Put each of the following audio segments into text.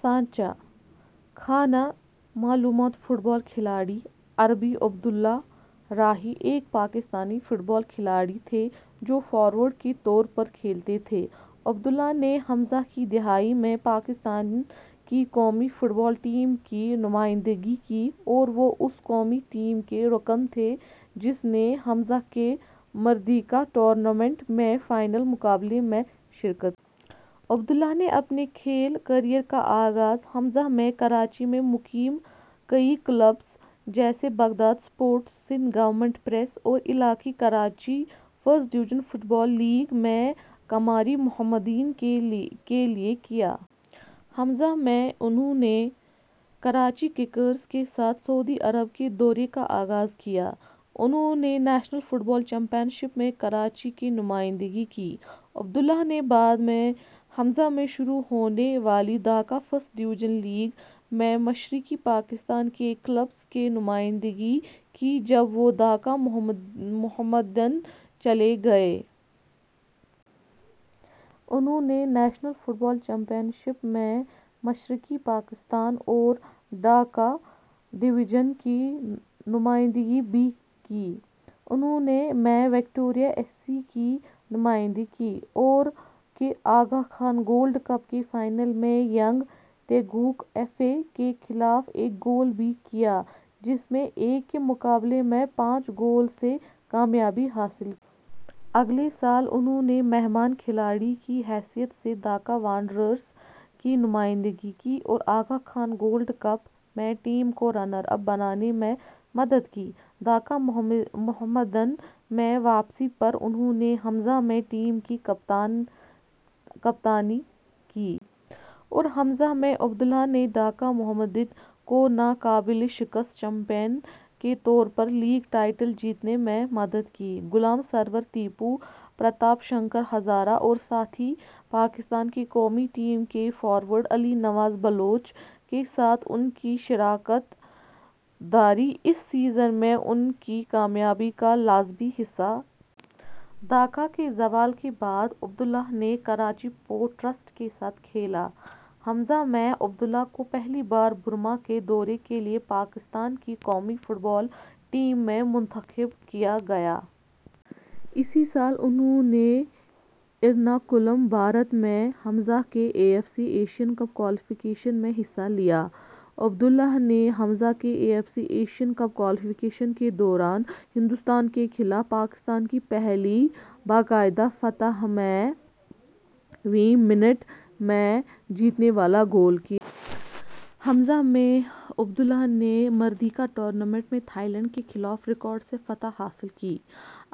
سانچہ:خانہ معلومات football کھلاڑی/عربی عبد اللہ راہی ، ایک پاکستانی فٹ بال کھلاڑی تھے جو فارورڈ کے طور پر کھیلتے تھے۔ عبد اللہ نے ء کی دہائی میں پاکستان کی قومی فٹ بال ٹیم کی نمائندگی کی اور وہ اس قومی ٹیم کے رکن تھے جس نے ء کے مردیکا ٹورنامنٹ میں فائنل مقابلے میں شرکت کی۔ عبد اللہ نے اپنے کھیل کیریئر کا آغاز ء میں کراچی میں مقیم کئی کلبوں جیسے Baghdad sports, Sindh government press اور علاقائی Karachi first division football league میں کیمری محمدن کے لیے کیا۔ ء میں، انھوں نے کراچی ککرز کے ساتھ سعودی عرب کے دورے کا آغاز کیا۔ انھوں نے national football championship میں کراچی کی نمائندگی کی۔ عبد اللہ نے بعد میں ء میں شروع ہونے والی ڈھاکہ فرسٹ ڈویژن لیگ میں مشرقی پاکستان کے کئی کلبوں کی نمائندگی کی جب وہ ڈھاکہ محمڈن چلے گئے۔ انھوں نے national football championship میں مشرقی پاکستان اور ڈھاکہ ڈویژن کی نمائندگی بھی کی۔ انھوں نے میں وکٹوریہ ایس سی کی نمائندگی کی۔ اور کے آغا خان گولڈ کپ کے فائنل میں ینگ تیگیوک ایف اے کے خلاف ایک گول بھی کیا جس میں ایک کے مقابلے میں پانچ گول سے کامیابی حاصل کی۔ اگلے سال، انھوں نے مہمان کھلاڑی کی حیثیت سے ڈھاکہ وانڈررز کی نمائندگی کی اور آغا خان گولڈ کپ میں ٹیم کو رنر اپ بنانے میں مدد کی۔ ڈھاکہ محمڈن میں واپسی پر، انھوں نے ء میں ٹیم کی کپتانی کی۔ اور ءمیں عبد اللہ نے ڈھاکہ محمڈن کو ناقابل شکست چیمپئن کے طور پر لیگ ٹائٹل جیتنے میں مدد کی۔ غلام سرور ٹیپو، پرتاپ شنکر ہزارہ اور ساتھی پاکستان کی قومی ٹیم کے فارورڈ علی نواز بلوچ کے ساتھ ان کی شراکت داری اس سیزن میں ان کی کامیابی کا لازمی حصہ تھی۔ ڈھاکہ کے زوال کے بعد عبد اللہ نے کراچی پورٹ ٹرسٹ کے ساتھ کھیلا۔ ء میں، عبد اللہ کو پہلی بار برما کے دورے کے لیے پاکستان کی قومی فٹ بال ٹیم میں منتخب کیا گیا۔ اسی سال انھوں نے ایرناکولم بھارت میں ء کے A F C Asian cup qualification میں حصہ لیا۔ عبد اللہ نے ے کے A F C Asian cup qualification کے دوران، ہندوستان کے خلاف پاکستان کی پہلی باضابطہ فتح میں ویں منٹ میں جیتنے والا گول کیا۔ ءمیں عبد اللہ نے مردیکا ٹورنامنٹ میں تھائی لینڈ کے خلاف ریکارڈ - سے فتح حاصل کی۔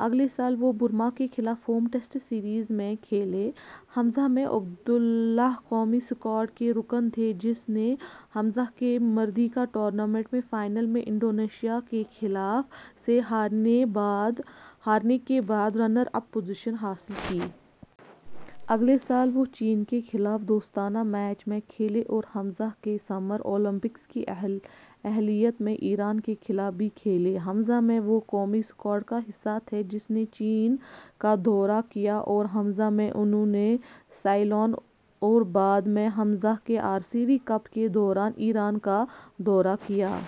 اگلے سال وہ برما کے خلاف ہوم ٹیسٹ سیریز میں کھیلے۔ ء میں عبد اللہ قومی اسکواڈ کے رکن تھے جس نے ء کے مردیکا ٹورنامنٹ میں فائنل میں انڈونیشیا کے خلاف - سے ہارنے کے بعد رنر اپ پوزیشن حاصل کی۔ اگلے سال وہ چین کے خلاف دوستانہ میچ میں کھیلے اور ء کے سمر اولمپکس کی اہلیت میں ایران کے خلاف بھی کھیلے۔ ء میں، وہ قومی اسکواڈ کا حصہ تھے جس نے چین کا دورہ کیا اور ء میں انھوں نے سیلون اور بعد میں ء کے آر سی ڈی کپ کے دوران ایران کا دورہ کیا۔